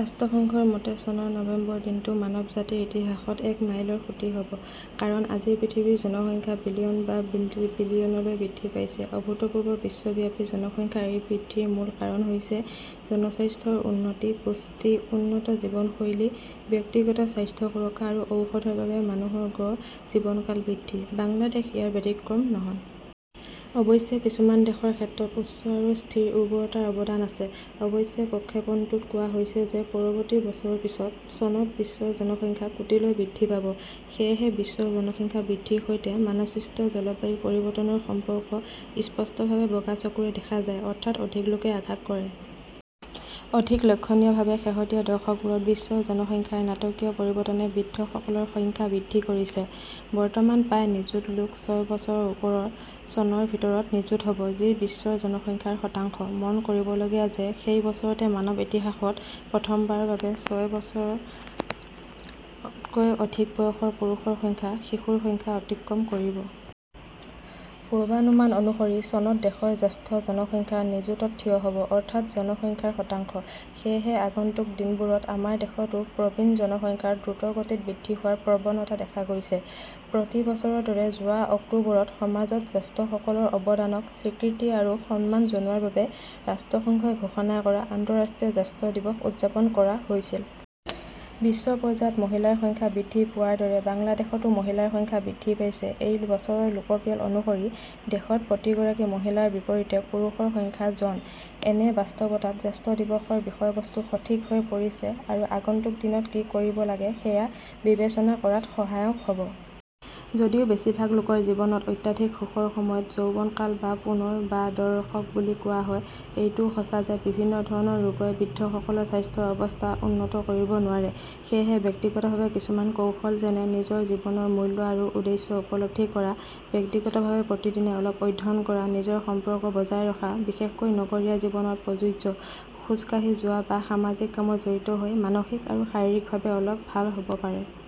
ৰাষ্ট্ৰসংঘৰ মতে, চনৰ নৱেম্বৰ দিনটো মানৱজাতিৰ ইতিহাসত এক মাইলৰ খুঁটি হ 'ব। কাৰণ আজি পৃথিৱীৰ জনসংখ্যা বিলিয়ন বা বিলিয়নলৈ বৃদ্ধি পাইছে। অভূতপূৰ্ব বিশ্বব্যাপী জনসংখ্যাৰ এই বৃদ্ধিৰ মূল কাৰণ হৈছে জনস্বাস্থ্যৰ উন্নতি, পুষ্টি, উন্নত জীৱনশৈলী, ব্যক্তিগত স্বাস্থ্য সুৰক্ষা আৰু ঔষধৰ বাবে মানুহৰ গড় জীৱনকাল বৃদ্ধি, বাংলাদেশ ইয়াৰ ব্যতিক্ৰম নহয়। অৱশ্যে, কিছুমান দেশৰ ক্ষেত্ৰত উচ্চ আৰু স্থিৰ উৰ্বৰতাৰ অৱদান আছে। অৱশ্যে, প্ৰক্ষেপণটোত কোৱা হৈছে যে পৰৱৰ্তী বছৰৰ পিছত, চনত বিশ্বৰ জনসংখ্যা কোটিলৈ বৃদ্ধি পাব। সেয়েহে বিশ্বৰ জনসংখ্যা বৃদ্ধিৰ সৈতে মানৱসৃষ্ট জলবায়ু পৰিৱৰ্তনৰ সম্পৰ্ক স্পষ্টভাৱে বগা চকুৰে দেখা যায়, অৰ্থাৎ অধিক লোকে আঘাত কৰে। অধিক লক্ষণীয়ভাৱে, শেহতীয়া দশকবোৰত বিশ্বৰ জনসংখ্যাৰ নাটকীয় পৰিৱৰ্তনে বৃদ্ধসকলৰ সংখ্যা বৃদ্ধি কৰিছে। বৰ্তমান প্ৰায় নিযুত লোক ছয় বছৰৰ ওপৰৰ, চনৰ ভিতৰত নিযুত হ 'ব, যি বিশ্বৰ জনসংখ্যাৰ শতাংশ। মন কৰিবলগীয়া যে সেই বছৰতে মানৱ ইতিহাসত প্ৰথমবাৰৰ বাবে ছয় বছৰতকৈ অধিক বয়সৰ পুৰুষৰ সংখ্যা শিশুৰ সংখ্যা অতিক্ৰম কৰিব। পূৰ্বানুমান অনুসৰি, চনত দেশৰ জ্যেষ্ঠ জনসংখ্যা নিযুতত থিয় হ 'ব, অৰ্থাৎ জনসংখ্যাৰ শতাংশ। সেয়েহে, আগন্তুক দিনবোৰত আমাৰ দেশতো প্ৰবীণ জনসংখ্যাৰ দ্ৰুতগতিত বৃদ্ধি হোৱাৰ প্ৰৱণতা দেখা গৈছে। প্ৰতি বছৰৰ দৰে যোৱা অক্টোবৰত সমাজত জ্যেষ্ঠসকলৰ অৱদানক স্বীকৃতি আৰু সন্মান জনোৱাৰ বাবে ৰাষ্ট্ৰসংঘই ঘোষণা কৰা আন্তঃৰাষ্ট্ৰীয় জ্যেষ্ঠ দিৱস উদযাপন কৰা হৈছিল। বিশ্ব পৰ্যায়ত মহিলাৰ সংখ্যা বৃদ্ধি পোৱাৰ দৰে বাংলাদেশতো মহিলাৰ সংখ্যা বৃদ্ধি পাইছে-এই বছৰৰ লোকপিয়ল অনুসৰি দেশত প্ৰতি গৰাকী মহিলাৰ বিপৰীতে পুৰুষৰ সংখ্যা জন। এনে বাস্তৱতাত জ্যেষ্ঠ দিৱসৰ বিষয়বস্তু সঠিক হৈ পৰিছে আৰু আগন্তুক দিনত কি কৰিব লাগে সেয়া বিবেচনা কৰাত সহায়ক হ 'ব। যদিও বেছিভাগ লোকৰ জীৱনত অত্যাধিক সুখৰ সময়ত যৌৱনকাল বা পুনৰ বা -ৰ দশক বুলি কোৱা হয়, এইটোও সঁচা যে বিভিন্ন ধৰণৰ ৰোগই বৃদ্ধসকলৰ স্বাস্থ্যৰ অৱস্থা উন্নত কৰিব নোৱাৰে। সেয়েহে ব্যক্তিগতভাৱে কিছুমান কৌশল যেনে নিজৰ জীৱনৰ মূল্য আৰু উদ্দেশ্য উপলব্ধি কৰা, ব্যক্তিগতভাৱে প্ৰতিদিনে অলপ অধ্যয়ন কৰা, নিজৰ সম্পৰ্ক বজাই ৰখা-বিশেষকৈ নগৰীয়া জীৱনত প্ৰযোজ্য, খোজ কাঢ়ি যোৱা বা সামাজিক কামত জড়িত হৈ মানসিক আৰু শাৰীৰিকভাৱে অলপ ভাল হ 'ব পাৰে।